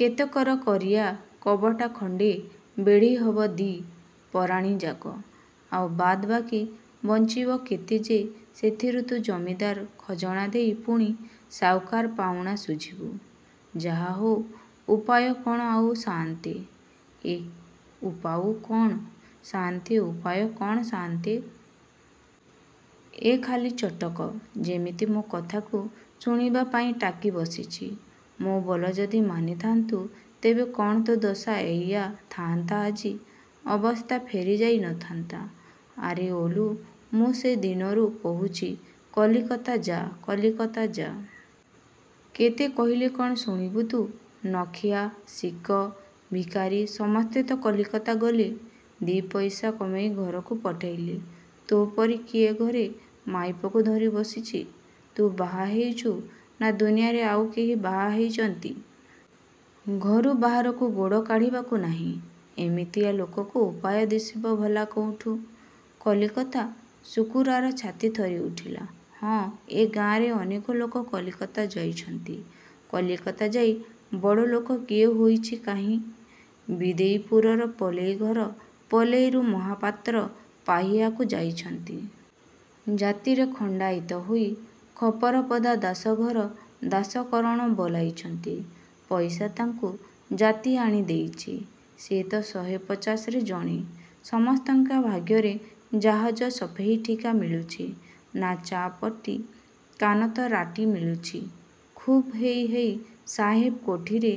କେତକର କରିଆ କବଟା ଖଣ୍ଡେ ବେଢ଼ି ହବ ଦି ପରାଣୀ ଯାକ। ଆଉ ବାଦ୍ ବାକି ବଞ୍ଚିବ କେତେ ଯେ ସେଥିରୁ ତୁ ଜମିଦାର ଖଜଣା ଦେଇ ପୁଣି ସାଉକାର ପାଉଣା ଶୁଝିବୁ। ଯାହାହଉ ଉପାୟ କ'ଣ ଆଉ ସାଆନ୍ତେ। ଏଃ ଉପାଉ କ'ଣ ସାଆନ୍ତେ ଉପାୟ କ'ଣ ସାଆନ୍ତେ! ଏ ଖାଲି ଚଟକ। ଯେମିତି ମୋ କଥାକୁ ଶୁଣିବାପାଇଁ ଟାକି ବସିଛି। ମୋ ବୋଲ ଯଦି ମାନିଥାନ୍ତୁ ତେବେ କ'ଣ ତୋ ଦଶା ଏଇଆ ଥାଆନ୍ତା ଆଜି? ଅବସ୍ଥା ଫେରିଯାଇ ନଥାନ୍ତା। ଆରେ ଓଲୁ, ମୁଁ ସେ ଦିନରୁ କହୁଛି କଲିକତା ଯା କଲିକତା ଯା! କେତେ କହିଲେ କ'ଣ ଶୁଣିବୁ ତୁ। ନଖିଆ, ଶିକ, ଭିକାରି, ସମସ୍ତେ ତ କଲିକତା ଗଲେ। ଦି' ପଇସା କମେଇ ଘରୁକୁ ପଠେଇଲେ। ତୋ ପରି କିଏ ଘରେ ମାଇପକୁ ଧରି ବସିଛି। ତୁ ବାହା ହେଇଚୁ ନା ଦୁନିଆରେ ଆଉ କେହି ବାହା ହେଇଚନ୍ତି? ଘରୁ ବାହାରକୁ ଗୋଡ଼ କାଢ଼ିବାକୁ ନାହିଁ। ଏମିତିଆ ଲୋକକୁ ଉପାୟ ଦିଶିବ ଭଲା କେଉଁଠୁ? '' କଲିକତା! ଶୁକୁରାର ଛାତି ଥରି ଉଠିଲା। ହଁ, ଏ ଗାଁରେ ଅନେକ ଲୋକ କଲିକତା ଯାଇଛନ୍ତି। କଲିକତା ଯାଇ ବଡ଼ଲୋକ କିଏ ହେଇଛି କାହିଁ? ବିଦେଇପୁରର ପଲେଇ ଘର ପଲେଇରୁ ମହାପାତ୍ର ପାହିଆକୁ ଯାଇଛନ୍ତି! ଜାତିରେ ଖଣ୍ଡାଇତ ହୋଇ ଖପରପଦା ଦାସ ଘର ଦାସ କରଣ ବୋଲାଇଛନ୍ତି। ପଇସା ତାଙ୍କୁ ଜାତି ଆଣି ଦେଇଛି। ସେ ତ ଶହେ ପଚାଶରେ ଜଣେ। ସମସ୍ତଙ୍କ ଭାଗ୍ୟରେ ଜାହାଜ ସଫେଇ ଠିକା ମିଳୁଛି, ନା ଚା' ପଟି କାନତରାଟି ମିଳୁଛି? ଖୁବ୍ ହେଇ ହେଇ ସାହେବ କୋଠିରେ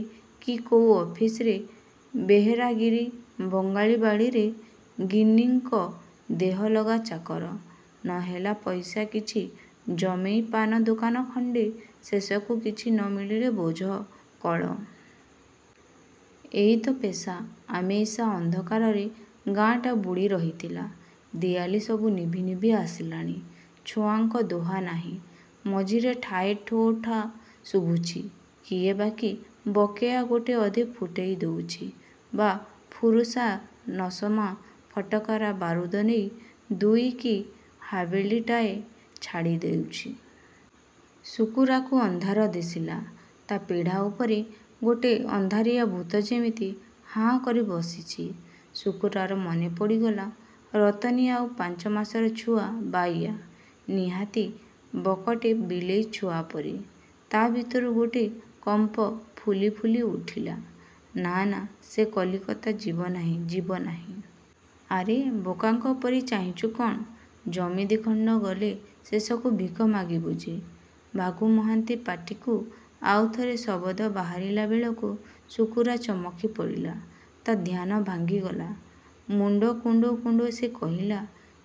କି କୋଉ ଅଫିସରେ ବେହେରାଗିରି, ବଙ୍ଗାଳୀ ବାଡ଼ିରେ ଗିନ୍ନୀଙ୍କ ଦେହଲଗା ଚାକର, ନହେଲା ପଇସା କିଛି ଜମେଇ ପାନ ଦୋକାନ ଖଣ୍ଡେ ଶେଷକୁ କିଛି ନ ମିଳିଲେ ବୋଝ କଳ। ଏଇତ ପେଷା। ଅମେଇସା ଅନ୍ଧକାରରେ ଗାଁଟା ବୁଡ଼ି ରହିଥିଲା। ଦିଆଲି ସବୁ ନିଭି ନିଭି ଆସିଲାଣି। ଛୁଆଙ୍କ ହୋହା ନାହିଁ। ମଝିରେ ଠାଏ ଠୋଠା ଶୁଭୁଛି। କିଏ ବାକି ବକେୟା ଗୋଟେ ଅଧେ ଫୁଟେଇ ଦଉଚି ବା ଫୁରୁସା ନସମା ଫଟକାର ବାରୁଦ ନେଇ ଦୁଇ କି ହାବେଳିଟାଏ ଛାଡ଼ି ଦେଉଛି । ଶୁକୁରାକୁ ଅନ୍ଧାର ଦିଶିଲା। ତା' ପିଢ଼ା ଉପରେ ଗୋଟେ ଅନ୍ଧାରିଆ ଭୂତ ଯେମିତି ହାଁ କରି ବସିଛି। ଶୁକୁରାର ମନେ ପଡ଼ିଗଲା ରତନୀ ଆଉ ପାଞ୍ଚମାସର ଛୁଆ ବାଇୟା। ନିହାତି ବକଟେ ବିଲେଇ ଛୁଆପରି। ତା' ଭିତରୁ ଗୋଟେ କମ୍ପ ଫୁଲି ଫୁଲି ଉଠିଲା। ନା ନା ସେ କଲିକତା ଯିବନାହିଁ ଯିବନାହିଁ। ''ଆରେ ବୋକାଙ୍କ ପରି ଚାହିଁଚୁ କ'ଣ? ଜମି ଦିଖଣ୍ଡ ଗଲେ ଶେଷକୁ ଭିକ ମାଗିବୁ ଯେ। '' ଭାଗୁ ମହାନ୍ତି ପାଟିକୁ ଆଉ ଥରେ ଶବଦ ବାହାରିଲା ବେଳକୁ ଶୁକୁରା ଚମକି ପଡ଼ିଲା। ତା' ଧ୍ୟାନ ଭାଙ୍ଗିଗଲା। ମୁଣ୍ଡ କୁଣ୍ଡଉ କୁଣ୍ଡଉ ସେ କହିଲା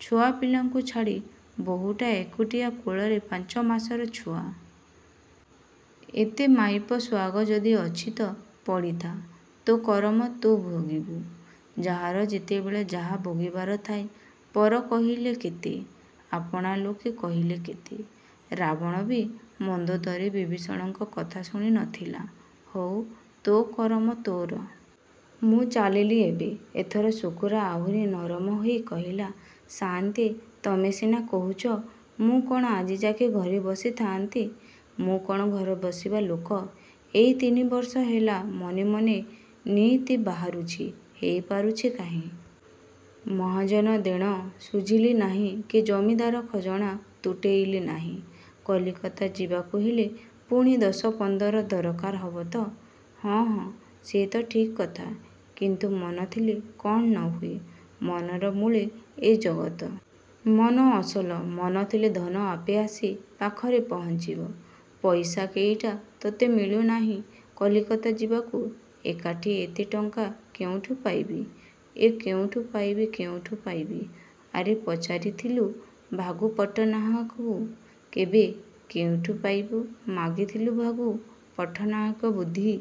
''ଛୁଆପିଲାଙ୍କୁ ଛାଡ଼ି ବହୂଟା ଏକୁଟିଆ କୋଳରେ ପାଞ୍ଚମାସର ଛୁଆ। ଏତେ ମାଇପ ସୁଆଗ ଯଦି ଅଛି ତ ପଡ଼ିଥା। ତୋ କରମ ତୁ ଭୋଗିବୁ। ଯାହାର ଯେତେବେଳେ ଯାହା ଭୋଗିବାର ଥାଏ, ପର କହିଲେ କେତେ, ଆପଣା ଲୋକେ କହିଲେ କେତେ। ରାବଣବି ମନ୍ଦୋଦରୀ ବିଭୀଷଣଙ୍କ କଥା ଶୁଣି ନଥିଲା। ହଉ ତୋ କରମ ତୋର। ମୁଁ ଚାଲିଲି ଏବେ। ଏଥର ଶୁକୁରା ଆହୁରି ନରମ ହେଇ କହିଲା ସାଆନ୍ତେ ତମେ ସିନା କହୁଚ, ମୁଁ କ'ଣ ଆଜିଯାକେ ଘରେ ବସି ଥାଆନ୍ତି। ମୁଁ କ'ଣ ଘରେ ବସିବା ଲୋକ? ଏଇ ତିନିବର୍ଷ ହେଲା, ମନେ ମନେ ନିଇତି ବାହାରୁଛି। ହେଇ ପାରୁଛି କାହିଁ। ମହାଜନ ଦେଣ ଶୁଝିଲି ନାହିଁ କି ଜମିଦାର ଖଜଣା ତୁଟେଇଲି ନାହିଁ। କଲିକତା ଯିବାକୁ ହେଲେ ପୁଣି ଦଶ ପନ୍ଦର ଦରକାର ହବ ତ! ହଁ, ହଁ ସେ ତ ଠିକ୍ କଥା। କିନ୍ତୁ ମନ ଥିଲେ କ'ଣ ନ ହୁଏ। ମନର ମୂଳେ ଏ ଜଗତ। ମନ ଅସଲ। ମନ ଥିଲେ ଧନ ଆପେ ଆସି ପାଖରେ ପହଞ୍ଚିବ। ପଇସା କେଇଟା ତୋତେ ମିଳୁ ନାହିଁ କଲିକତା ଯିବାକୁ? ଏକାଠି, ଏତେ ଟଙ୍କା କେଉଁଠୁ ପାଇବି? ଏଁ କେଉଁଠୁ ପାଇବି କେଉଁଠୁ ପାଇବି। ଆବେ ପଚାରିଥିଲୁ ଭାଗୁ ପଟ୍ଟନାହାକକୁ କେବେ? କେଉଁଠୁ ପାଇବୁ? ମାଗିଥିଲୁ ଭାଗୁ ପଟ୍ଟନାହାକ ବୁଦ୍ଧି।